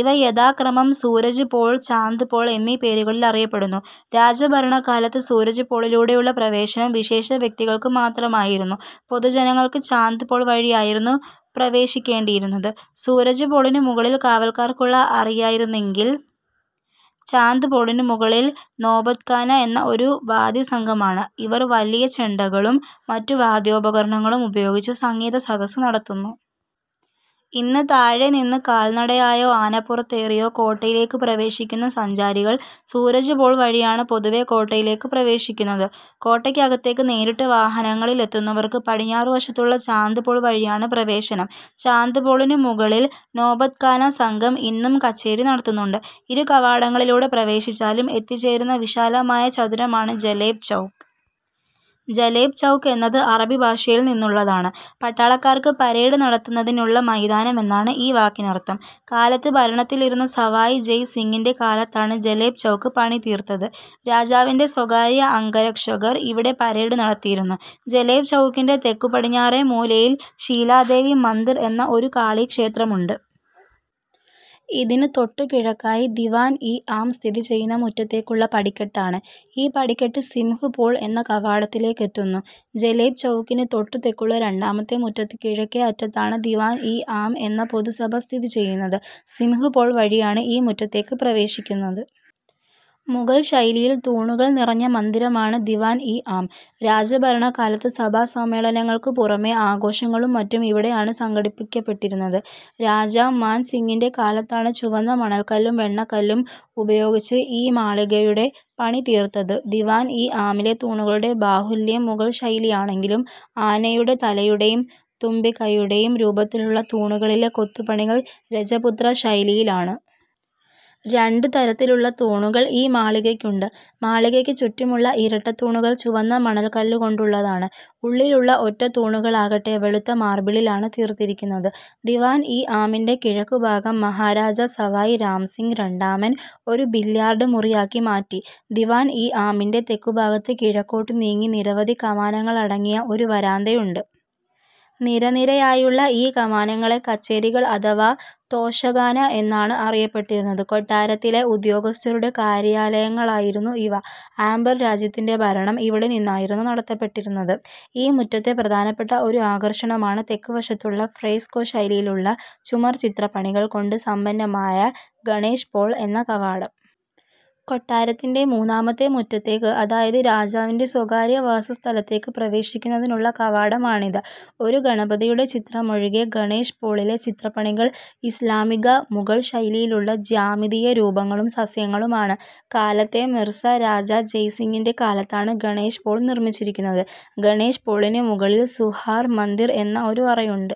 ഇവ യഥാക്രമം സൂരജ് പോൾ, ചാന്ദ് പോൾ എന്നീ പേരുകളീൽ അറിയപ്പെടുന്നു. രാജഭരണകാലത്ത് സൂരജ് പോളിലൂടെയുള്ള പ്രവേശനം വിശേഷവ്യക്തികൾക്കു മാത്രമായിരുന്നു. പൊതുജനങ്ങൾക്ക് ചാന്ദ് പോൾ വഴിയായിരുന്നു പ്രവേശിക്കേണ്ടീയിരുന്നത്. സൂരജ് പോളിനു മുകളിൽ കാവൽക്കാർക്കുള്ള അറയായിരുന്നെങ്കിൽ ചാന്ദ് പോളിനു മുകളിൽ നോബത്ഖാന എന്ന ഒരു വാദ്യസംഘമാണ്. ഇവർ വലിയ ചെണ്ടകളും മറ്റു വാദ്യോപകരണങ്ങളും ഉപയോഗിച്ച് സംഗീതസദസ്സ് നടത്തുന്നു. ഇന്ന് താഴെ നിന്ന് കാൽനടയായോ, ആനപ്പുറത്തേറിയോ കോട്ടയിലേക്ക് പ്രവേശിക്കുന്ന സഞ്ചാരികൾ സൂരജ് പോൾ വഴിയാണ് പൊതുവേ കോട്ടയിലേക്ക് പ്രവേശിക്കുന്നത്. കോട്ടക്കകത്തേക്ക് നേരിട്ട് വാഹനങ്ങളിൽ എത്തുന്നവർക്ക് പടിഞ്ഞാറുവശത്തുള്ള ചാന്ദ് പോൾ വഴിയാണ് പ്രവേശനം. ചാന്ദ് പോളിനു മുകളിൽ നോബത്ഖാന സംഘം, ഇന്നും കച്ചേരി നടത്തുന്നുണ്ട്. ഇരുകവാടങ്ങളിലൂടെ പ്രവേശിച്ചാലും എത്തിച്ചേരുന്ന വിശാലമായ ചതുരമാണ് ജലേബ് ചൗക്ക്. ജലേബ് ചൗക്ക് എന്നത് അറബിഭാഷയിൽ നിന്നുള്ളതാണ്. പട്ടാളക്കാർക്ക് പരേഡ് നടത്തുന്നതിനുള്ള മൈതാനം എന്നാണ് ഈ വാക്കിനർത്ഥം. കാലത്ത് ഭരണത്തിലിരുന്ന സവായ് ജയ് സിങ്ങിന്റെ കാലത്താണ് ജലേബ് ചൗക്ക് പണി തീർത്തത്. രാജാവിന്റെ സ്വകാര്യ അംഗരക്ഷകർ ഇവിടെ പരേഡ് നടത്തിയിരുന്നു. ജലേബ് ചൗക്കിന്റെ തെക്കുപടിഞ്ഞാറെ മൂലയിൽ ശീലാദേവി മന്ദിർ എന്ന ഒരു കാളീക്ഷേത്രമുണ്ട്. ഇതിന് തൊട്ടുകിഴക്കായി ദിവാൻ-ഇ ആം സ്ഥിതി ചെയ്യുന്ന മുറ്റത്തേക്കുള്ള പടിക്കെട്ടാണ്. ഈ പടിക്കെട്ട്, സിംഹ് പോൾ എന്ന കവാടത്തിലേക്കെത്തുന്നു. ജലേബ് ചൗക്കിന് തൊട്ട് തെക്കുള്ള രണ്ടാമത്തെ മുറ്റത്ത് കിഴക്കേ അറ്റത്താണ് ദിവാൻ ഇ ആം എന്ന പൊതുസഭ സ്ഥിതി ചെയ്യുന്നത്. സിംഹ് പോൾ വഴിയാണ് ഈ മുറ്റത്തേക്ക് പ്രവേശിക്കുന്നത്. മുഗൾ ശൈലിയിൽ തൂണുകൾ നിറഞ്ഞ മന്ദിരമാണ് ദിവാൻ ഇ ആം. രാജഭരണകാലത്ത് സഭാസമ്മേളനങ്ങൾക്കു പുറമേ ആഘോഷങ്ങളും മറ്റും ഇവിടെയാണ് സംഘടിപ്പിക്കപ്പെട്ടിരുന്നത്. രാജ മാൻ സിങ്ങിന്റെ കാലത്താണ് ചുവന്ന മണൽക്കല്ലും വെണ്ണക്കല്ലും ഉപയോഗിച്ച് ഈ മാളികയുടെ പണി തീർത്തത്. ദിവാൻ ഇ ആമിലെ തൂണുകളുടെ ബാഹുല്യം മുഗൾ ശൈലിയാണെങ്കിലും, ആനയുടെ തലയുടേയും തുമ്പിക്കൈയുംടേയും രൂപത്തിലുള്ള, തൂണുകളിലെ കൊത്തുപണികൾ രജപുത്രശൈലിയിലാണ്. രണ്ടു തരത്തിലുള്ള തൂണുകൾ ഈ മാളികക്കുണ്ട്. മാളികക്ക് ചുറ്റുമുള്ള ഇരട്ടത്തൂണുകൾ ചുവന്ന മണൽക്കല്ലുകൊണ്ടുള്ളതാണ്. ഉള്ളിലുള്ള ഒറ്റത്തൂണുകളാകട്ടെ, വെളുത്ത മാർബിളിലാണ് തീർത്തിരിക്കുന്നത്. ദിവാൻ ഇ ആമിന്റെ കിഴക്കുഭാഗം, മഹാരാജ സവായ് രാംസിങ് രണ്ടാമൻ, ഒരു ബില്യാർഡ് മുറിയാക്കി മാറ്റി. ദിവാൻ ഇ ആമിന്റെ തെക്കുഭാഗത്ത് കിഴക്കോട്ട് നീങ്ങി നിരവധി കമാനങ്ങളടങ്ങിയ ഒരു വരാന്തയുണ്ട്. നിരനിരയായുള്ള ഈ കമാനങ്ങളെ കച്ചേരികൾ അഥവാ തോശഖാന എന്നാണ് അറിയപ്പെട്ടിരുന്നത്. കൊട്ടാരത്തിലെ ഉദ്യോഗസ്ഥരുടെ കാര്യാലയങ്ങളായിരുന്നു ഇവ. ആംബർ രാജ്യത്തിന്റെ ഭരണം ഇവിടെ നിന്നായിരുന്നു നടത്തപ്പെട്ടിരുന്നത്. ഈ മുറ്റത്തെ പ്രധാനപ്പെട്ട ഒരു ആകർഷണമാണ് തെക്കുവശത്തുള്ള ഫ്രസ്കോ ശൈലിയിലുള്ള ചുമർചിത്രപ്പണികൾ കൊണ്ട് സമ്പന്നമായ ഗണേശ് പോൾ എന്ന കവാടം. കൊട്ടാരത്തിന്റെ മൂന്നാമത്തെ മുറ്റത്തേക്ക് അതായത് രാജാവിന്റെ സ്വകാര്യവാസസ്ഥലത്തേക്ക് പ്രവേശിക്കുന്നതിനുള്ള കവാടമാണിത്. ഒരു ഗണപതിയുടെ ചിത്രമൊഴികെ ഗണേശ് പോളിലെ ചിത്രപ്പണികൾ ഇസ്ലാമിക/മുഗൾ ശൈലിയിലുള്ള ജ്യാമിതീയരൂപങ്ങളും സസ്യങ്ങളുമാണ്. കാലത്തെ മിർസ രാജ ജയ് സിങ്ങിന്റെ കാലത്താണ് ഗണേശ് പോൾ നിർമ്മിച്ചിരിക്കുന്നത്. ഗണേശ് പോളിന് മുകളിൽ സുഹാഗ് മന്ദിർ എന്ന ഒരു അറയുണ്ട്.